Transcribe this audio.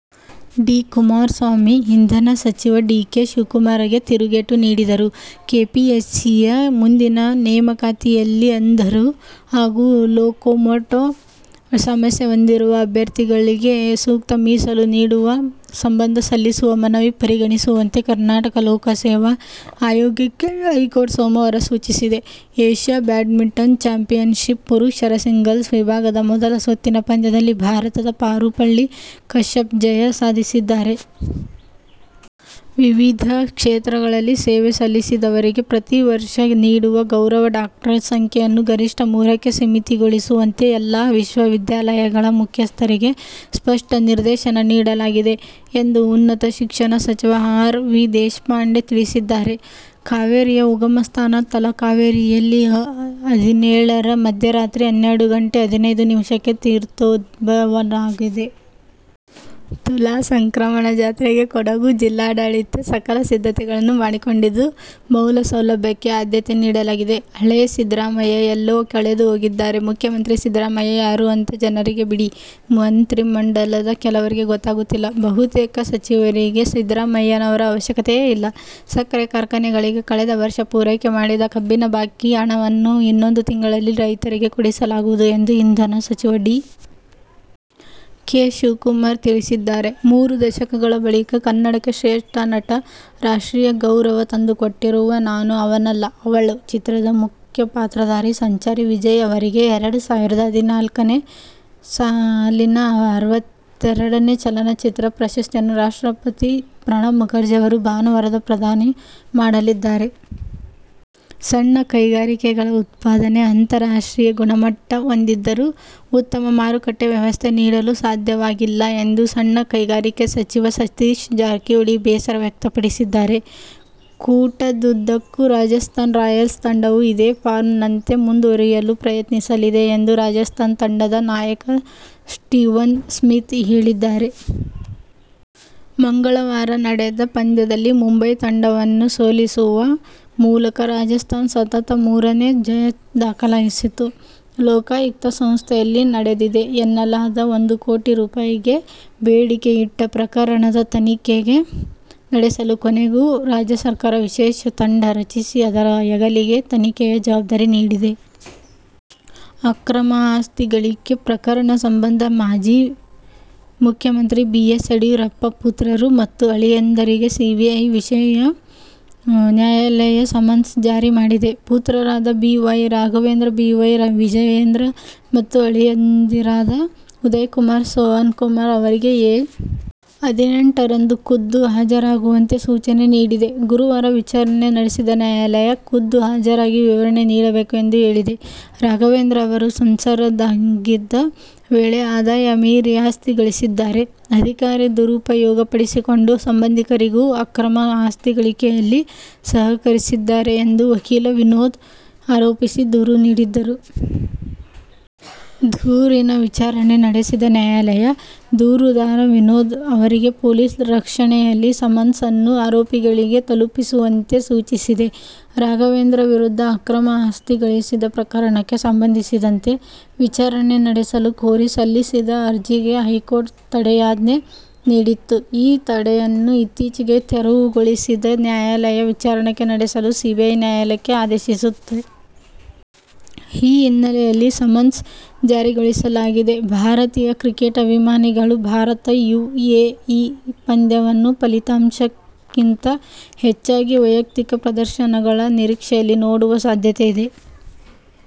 D. Kumaraswamy, ಇಂಧನ ಸಚಿವ D. K. ಶಿವಕುಮಾರ್‌ಗೆ ತಿರುಗೇಟು ನೀಡಿದರು. ಕೆಪಿಎಸ್ಸಿಯ ಮುಂದಿನ ನೇಮಕಾತಿಯಲ್ಲಿ ಅಂಧರು ಹಾಗೂ ಲೊಕೊಮೋಟೊ ಸಮಸ್ಯೆ ಹೊಂದಿರುವ ಅಭ್ಯರ್ಥಿಗಳಿಗೆ ಸೂಕ್ತ ಮೀಸಲು ನೀಡುವ ಸಂಬಂಧ ಸಲ್ಲಿಸುವ ಮನವಿ ಪರಿಗಣಿಸುವಂತೆ ಕರ್ನಾಟಕ ಲೋಕಸೇವಾ ಆಯೋಗಕ್ಕೆ ಹೈಕೋರ್ಟ್ ಸೋಮವಾರ ಸೂಚಿಸಿದೆ. ಏಶ್ಯಾ ಬ್ಯಾಡ್ಮಿಂಟನ್ ಚಾಂಪಿಯನ್ಶಿಪ್ ಪುರುಷರ ಸಿಂಗಲ್ಸ್ ವಿಭಾಗದ ಮೊದಲ ಸುತ್ತಿನ ಪಂದ್ಯದಲ್ಲಿ ಭಾರತದ ಪಾರುಪಳ್ಳಿ ಕಶ್ಯಪ್ ಜಯ ಸಾಧಿಸಿದ್ದಾರೆ. ವಿವಿಧ ಕ್ಷೇತ್ರಗಳಲ್ಲಿ ಸೇವೆ ಸಲ್ಲಿಸಿದವರಿಗೆ ಪ್ರತಿ ವರ್ಷ ನೀಡುವ ಗೌರವ ಡಾಕ್ಟರೆಟ್ ಸಂಖ್ಯೆಯನ್ನು ಗರಿಷ್ಠ ಮೂರಕ್ಕೆ ಸೀಮಿತಗೊಳಿಸುವಂತೆ ಎಲ್ಲಾ ವಿಶ್ವವಿದ್ಯಾಲಯಗಳ ಮುಖ್ಯಸ್ಥರಿಗೆ ಸ್ಪಷ್ಟ ನಿರ್ದೇಶನ ನೀಡಲಾಗಿದೆ ಎಂದು ಉನ್ನತ ಶಿಕ್ಷಣ ಸಚಿವ ಆರ್. ವಿ. ದೇಶಪಾಂಡೆ ತಿಳಿಸಿದ್ದಾರೆ. ಕಾವೇರಿಯ ಉಗಮ ಸ್ಥಾನ ತಲಕಾವೇರಿಯಲ್ಲಿ ಅ. ಹದಿನೇಳರ ಮಧ್ಯರಾತ್ರಿ ಹನ್ನೆರಡು ಗಂಟೆ ಹದಿನೈದು ನಿಮಿಷಕ್ಕೆ ತೀರ್ಥೋದ್ಭವವಾಗಲಿದೆ. ತುಲಾಸಂಕ್ರಮಣ ಜಾತ್ರೆಗೆ ಕೊಡಗು ಜಿಲ್ಲಾಡಳಿತ ಸಕಲ ಸಿದ್ಧತೆಗಳನ್ನು ಮಾಡಿಕೊಂಡಿದ್ದು, ಮೂಲಸೌಲಭ್ಯಕ್ಕೆ ಆದ್ಯತೆ ನೀಡಲಾಗಿದೆ. ಹಳೇ ಸಿದ್ದರಾಮಯ್ಯ ಎಲ್ಲೋ ಕಳೆದುಹೋಗಿದ್ದಾರೆ. ಮುಖ್ಯಮಂತ್ರಿ ಸಿದ್ದರಾಮಯ್ಯ ಯಾರೂ ಅಂತ ಜನರಿಗೆ ಬಿಡಿ, ಮಂತ್ರಿಮಂಡಲದ ಕೆಲವರಿಗೆ ಗೊತ್ತಾಗುತ್ತಿಲ್ಲ. ಬಹುತೇಕ ಸಚಿವರಿಗೆ ಸಿದ್ದರಾಮಯ್ಯನವರ ಅವಶ್ಯಕತೆ ಇಲ್ಲ. ಸಕ್ಕರೆ ಕಾರ್ಖಾನೆಗಳಿಗೆ ಕಳೆದ ವರ್ಷ ಪೂರೈಕೆ ಮಾಡಿದ ಕಬ್ಬಿನ ಬಾಕಿ ಹಣವನ್ನು ಇನ್ನೊಂದು ತಿಂಗಳಲ್ಲಿ ರೈತರಿಗೆ ಕೊಡಿಸಲಾಗುವುದು ಎಂದು ಇಂಧನ ಸಚಿವ ಡಿ. ಕೆ. ಶಿವಕುಮಾರ್ ತಿಳಿಸಿದ್ದಾರೆ. ಮೂರು ದಶಕಗಳ ಬಳಿಕ ಕನ್ನಡಕ್ಕೆ ಶ್ರೇಷ್ಠ ನಟ ರಾಷ್ಟ್ರೀಯ ಗೌರವ ತಂದುಕೊಟ್ಟಿರುವ "ನಾನು ಅವನಲ್ಲ, ಅವಳು" ಚಿತ್ರದ ಮುಖ್ಯ ಪಾತ್ರಧಾರಿ "ಸಂಚಾರಿ" ವಿಜಯ್ ಅವರಿಗೆ ಎರಡು ಸಾವಿರದ ಹದಿನಾಲ್ಕನೇ ಸಾಲಿನ ಅರವತ್ತೆರಡನೇ ಚಲನಚಿತ್ರ ಪ್ರಶಸ್ತಿಯನ್ನು ರಾಷ್ಟ್ರಪತಿ ಪ್ರಣಬ್ ಮುಖರ್ಜಿ ಅವರು ಭಾನುವಾರ ಪ್ರದಾನ ಮಾಡಲಿದ್ದಾರೆ. ಸಣ್ಣ ಕೈಗಾರಿಕೆಗಳ ಉತ್ಪಾದನೆ ಅಂತಾರಾಷ್ಟ್ರೀಯ ಗುಣಮಟ್ಟ ಹೊಂದಿದ್ದರೂ ಉತ್ತಮ ಮಾರುಕಟ್ಟೆ ವ್ಯವಸ್ಥೆ ನೀಡಲು ಸಾಧ್ಯವಾಗಿಲ್ಲ ಎಂದು ಸಣ್ಣ ಕೈಗಾರಿಕೆ ಸಚಿವ ಸತೀಶ್ ಜಾರಕಿಹೊಳಿ ಬೇಸರ ವ್ಯಕ್ತಪಡಿಸಿದ್ದಾರೆ. ಕೂಟದುದ್ದಕ್ಕೂ ರಾಜಸ್ಥಾನ್ ರಾಯಲ್ಸ್ ತಂಡವು ಇದೇ ಫಾರ್ಮ್‌ನಂತೆ ಮುಂದುವರಿಯಲು ಪ್ರಯತ್ನಿಸಲಿದೆ ಎಂದು ರಾಜಸ್ಥಾನ್ ತಂಡದ ನಾಯಕ ಸ್ಟೀವನ್ ಸ್ಮಿತ್ ಹೇಳಿದ್ದಾರೆ. ಮಂಗಳವಾರ ನಡೆದ ಪಂದ್ಯದಲ್ಲಿ ಮುಂಬೈ ತಂಡವನ್ನು ಸೋಲಿಸುವ ಮೂಲಕ ರಾಜಸ್ಥಾನ್ ಸತತ ಮೂರನೇ ಜಯ ದಾಖಲಿಸಿತು. ಲೋಕಾಯುಕ್ತ ಸಂಸ್ಥೆಯಲ್ಲಿ ನಡೆದಿದೆ ಎನ್ನಲಾದ ಒಂದು ಕೋಟಿ ರೂ.ಗೆ ಬೇಡಿಕೆ ಇಟ್ಟ ಪ್ರಕರಣದ ತನಿಖೆ ನಡೆಸಲು ಕೊನೆಗೂ ರಾಜ್ಯ ಸರ್ಕಾರ ವಿಶೇಷ ತಂಡ ರಚಿಸಿ ಅದರ ಹೆಗಲಿಗೆ ತನಿಖೆಯ ಜವಾಬ್ದಾರಿ ನೀಡಿದೆ. ಅಕ್ರಮ ಆಸ್ತಿ ಗಳಿಕೆ ಪ್ರಕರಣ ಸಂಬಂಧ ಮಾಜಿ ಮುಖ್ಯಮಂತ್ರಿ ಬಿ. ಎಸ್. ಯಡಿಯೂರಪ್ಪ ಪುತ್ರರು ಮತ್ತು ಅಳಿಯಂದಿರಿಗೆ ಸಿಬಿಐ ವಿಶೇಷ ನ್ಯಾಯಾಲಯ ಸಮನ್ಸ್ ಜಾರಿ ಮಾಡಿದೆ. ಪುತ್ರರಾದ B. Y. Raghavendra, B. Y. Vijayendra ಮತ್ತು ಅಳಿಯಂದಿರಾದ ಉದಯಕುಮಾರ್, ಸೋಹನ್ ಕುಮಾರ್ ಅವರಿಗೆ ಏ. ಹದಿನೆಂಟರಂದು ಖುದ್ದು ಹಾಜರಾಗುವಂತೆ ಸೂಚನೆ ನೀಡಿದೆ. ಗುರುವಾರ ವಿಚಾರಣೆ ನಡೆಸಿದ ನ್ಯಾಯಾಲಯ, ಖುದ್ದು ಹಾಜರಾಗಿ ವಿವರಣೆ ನೀಡಬೇಕು ಎಂದು ಹೇಳಿದೆ. ರಾಘವೇಂದ್ರ ಅವರು ಸಂಸದರಾಗಿದ್ದ ವೇಳೆ ಆದಾಯ ಮೀರಿ ಆಸ್ತಿ ಗಳಿಸಿದ್ದಾರೆ. ಅಧಿಕಾರ ದುರುಪಯೋಗಪಡಿಸಿಕೊಂಡು ಸಂಬಂಧಿಕರಿಗೂ ಅಕ್ರಮ ಆಸ್ತಿ ಗಳಿಕೆಯಲ್ಲಿ ಸಹಕರಿಸಿದ್ದಾರೆ ಎಂದು ವಕೀಲ ವಿನೋದ್ ಆರೋಪಿಸಿ ದೂರು ನೀಡಿದ್ದರು. ದೂರಿನ ವಿಚಾರಣೆ ನಡೆಸಿದ ನ್ಯಾಯಾಲಯ, ದೂರುದಾರ ವಿನೋದ್ ಅವರಿಗೆ ಪೊಲೀಸ್ ರಕ್ಷಣೆಯಲ್ಲಿ ಸಮನ್ಸ್ ಅನ್ನು ಆರೋಪಿಗಳಿಗೆ ತಲುಪಿಸುವಂತೆ ಸೂಚಿಸಿದೆ. ರಾಘವೇಂದ್ರ ವಿರುದ್ಧ ಅಕ್ರಮ ಆಸ್ತಿ ಗಳಿಸಿದ ಪ್ರಕರಣಕ್ಕೆ ಸಂಬಂಧಿಸಿದಂತೆ ವಿಚಾರಣೆ ನಡೆಸಲು ಕೋರಿ ಸಲ್ಲಿಸಿದ್ದ ಅರ್ಜಿಗೆ ಹೈಕೋರ್ಟ್ ತಡೆಯಾಜ್ಞೆ ನೀಡಿತ್ತು. ಈ ತಡೆಯನ್ನು ಇತ್ತೀಚೆಗೆ ತೆರವುಗೊಳಿಸಿದ ನ್ಯಾಯಾಲಯ ವಿಚಾರಣೆ ನಡೆಸಲು ಸಿಬಿಐ ನ್ಯಾಯಾಲಯಕ್ಕೆ ಆದೇಶಿಸಿತ್ತು. ಈ ಹಿನ್ನೆಲೆಯಲ್ಲಿ ಸಮನ್ಸ್ ಜಾರಿಗೊಳಿಸಲಾಗಿದೆ. ಭಾರತೀಯ ಕ್ರಿಕೆಟ್ ಅಭಿಮಾನಿಗಳು ಭಾರತ-ಯುಎಇ ಪಂದ್ಯವನ್ನು ಫಲಿತಾಂಶಕ್ಕಿಂತ ಹೆಚ್ಚಾಗಿ ವೈಯಕ್ತಿಕ ಪ್ರದರ್ಶನಗಳ ನಿರೀಕ್ಷೆಯಲ್ಲಿ ನೋಡುವ ಸಾಧ್ಯತೆ ಇದೆ.